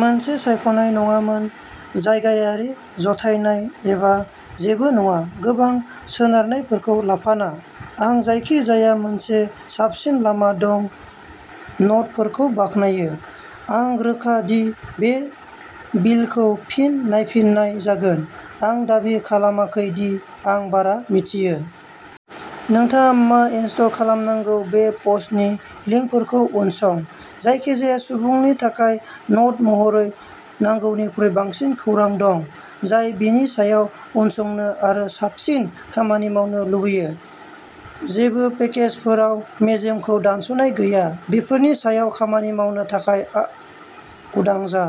मोनसे सायख'नाय नङामोन। जायगायारि जथायनाय एबा जेबो नङा। गोबां सोनारनायफोरखौ लाफाना। आं जायखिजाया मोनसे साबसिन लामा दं न'टफोरखौ बाख्नायो। आं रोखा दि बे बिल्डखौ फिन नायफिननाय जागोन। आं दाबि खालामाखै दि आं बारा मिथियो। नोंथाङा मा इनस्टल खालामनांगौ बे पस्टनि लिंकफोरखौ उनसं। जायखिजाया सुबुंनि थाखाय न'ट महरै नांगौनिख्रुइ बांसिन खौरां दं, जाय बेनि सायाव उनसंनो आरो साबसिन खामानि मावनो लुबैयो। जेबो पेकेजफोराव मेजेमखौ दानस'नाय गैया। बेफोरनि सायाव खामानि मावनो थाखाय उदां जा।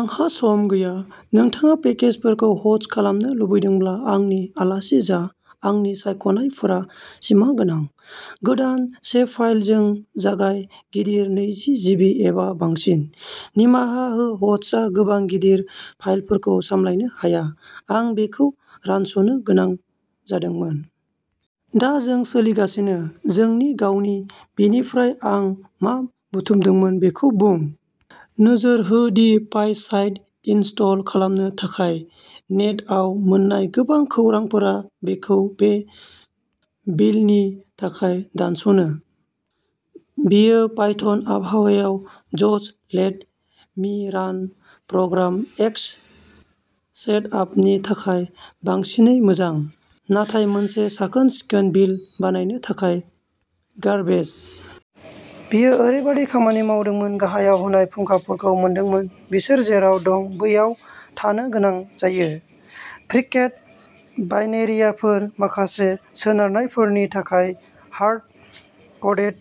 आंहा सम गैया। नोंथाङा पेकेजफोरखौ ह'स्ट खालामनो लुबैदोंब्ला आंनि आलासि जा आंनि सायख'नायफोरा सिमागोनां। गोदान सेभफाइलजों जागाय गिदिर नै जिबि एबा बांसिन। निमाहा हो ह'स्टआ गोबां गिदिर फाइलफोरखौ सामलायनो हाया। आं बेफोरखौ रानस'नो गोनां जादोंमोन। दा जों सोलिगासिनो। जोंनि गावनि। बेनिफ्राय आं मा बुथुमदों बेखौ बुं। नोजोर हो दि पाइसाइड इनस्टल खालामनो थाखाय नेटआव मोन्नाय गोबां खौरांफोरा बेखौ बे बिल्डनि थाखाय दानस'नो। बेयो पाइथन आबहावायाव जस्ट लेट मि रान प्रग्राम एक्स सेटआपनि थाखाय बांसिनै मोजां, नाथाय मोनसे साखोन-सिखोन बिल्ड बानायनो थाखाय गार्बेज। बेयो ओरैबायदि खामानि मावदोंमोन गाहायाव होनाय फुंखाफोरखौ मोनदोंमोन बिसोर जेराव दं बैयाव थानो गोनां जायो। फ्रिकेड बाइनेरिफोरा माखासे सोनारनायफोरनि थाखाय हार्ड क'डेड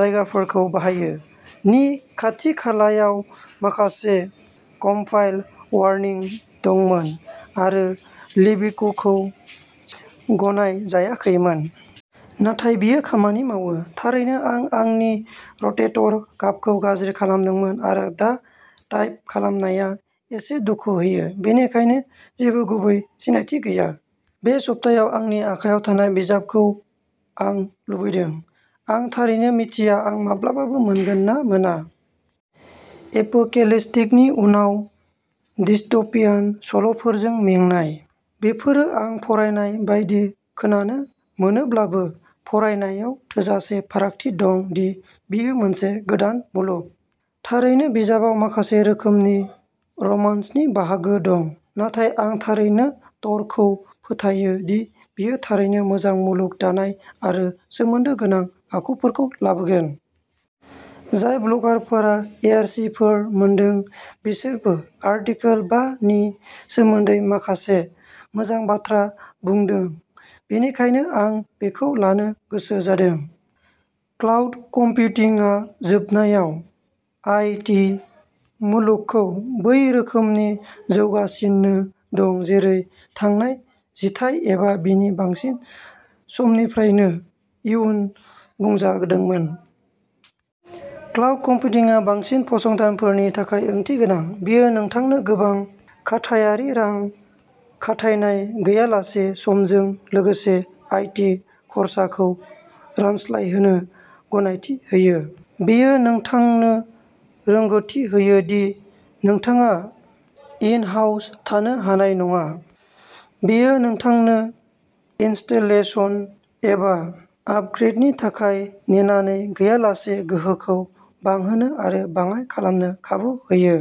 जायगाफोरखौ बाहायो। नि खाथि-खालायाव माखासे कम्पाइल वार्निं दंमोन आरो लिबिकखौ गनायजायाखैमोन। नाथाय बेयो खामानि मावो। थारैनो आं आंनि र'टेटर काफखौ गाज्रि खालामदोंमोन आरो दा टाइप खालामनाया एसे दुखु होयो, बेनिखायनो जेबो गुबै सिनायथि गैया। बे सप्तायाव आंनि आखायाव थानाय बिजाबखौ आं लुबैदों। आं थारैनो मिथिया आं माब्लाबाबो मोनगोन ना मोना। एपोकेलिप्टिकनि उनाव डिस्ट'पियान सल'फोरजों मेंनाय। बेफोरो आं फरायनाय बायदि खोनानो मोनोब्लाबो, फरायनायाव थोजासे फारागथि दं दि बेयो मोनसे गोदान मुलुग। थारैनो बिजाबाव माखासे रोखोमनि रमान्सनि बाहागो दं, नाथाय आं थारैनो टरखौ फोथायो दि बियो थारैनो मोजां मुलुग दानाय आरो सोमोन्दो गोनां आखुफोरखौ लाबोगोन। जाय ब्लगारफोरा एआरसीफोर मोनदों, बिसोरबो आर्टिकेल बा नि सोमोन्दै माखासे मोजां बाथ्रा बुंदों, बेनिखायनो आं बेखौ लानो गोसो जादों। क्लाउड कम्पिउटिंआ जोबनायाव आई टी मुलुगखौ बै रोखोमै जौगासिनो दं जेरै थांनाय जिथाइ एबा बेनि बांसिन समनिफ्रायनो इयुन बुंजादोंमोन। क्लाउड कम्पिउटिंआ बांसिन फसंथानफोरनि थाखाय ओंथिगोनां। बेयो नोंथांनो गोबां खाथायारि रां खाथायनाय गैयालासे समजों लोगोसे आई टी खरसाखौ रानस्लायहोनो गनायथि होयो। बेयो नोंथांनो रोंग'थि होयो दि नोंथाङा इन-हाउस थानो हानाय नङा। बेयो नोंथांनो इनस्टलेशन एबा आपग्रेडनि थाखाय नेनानै गैयालासे गोहोखौ बांहोनो आरो बाङाय खालामनो खाबु होयो।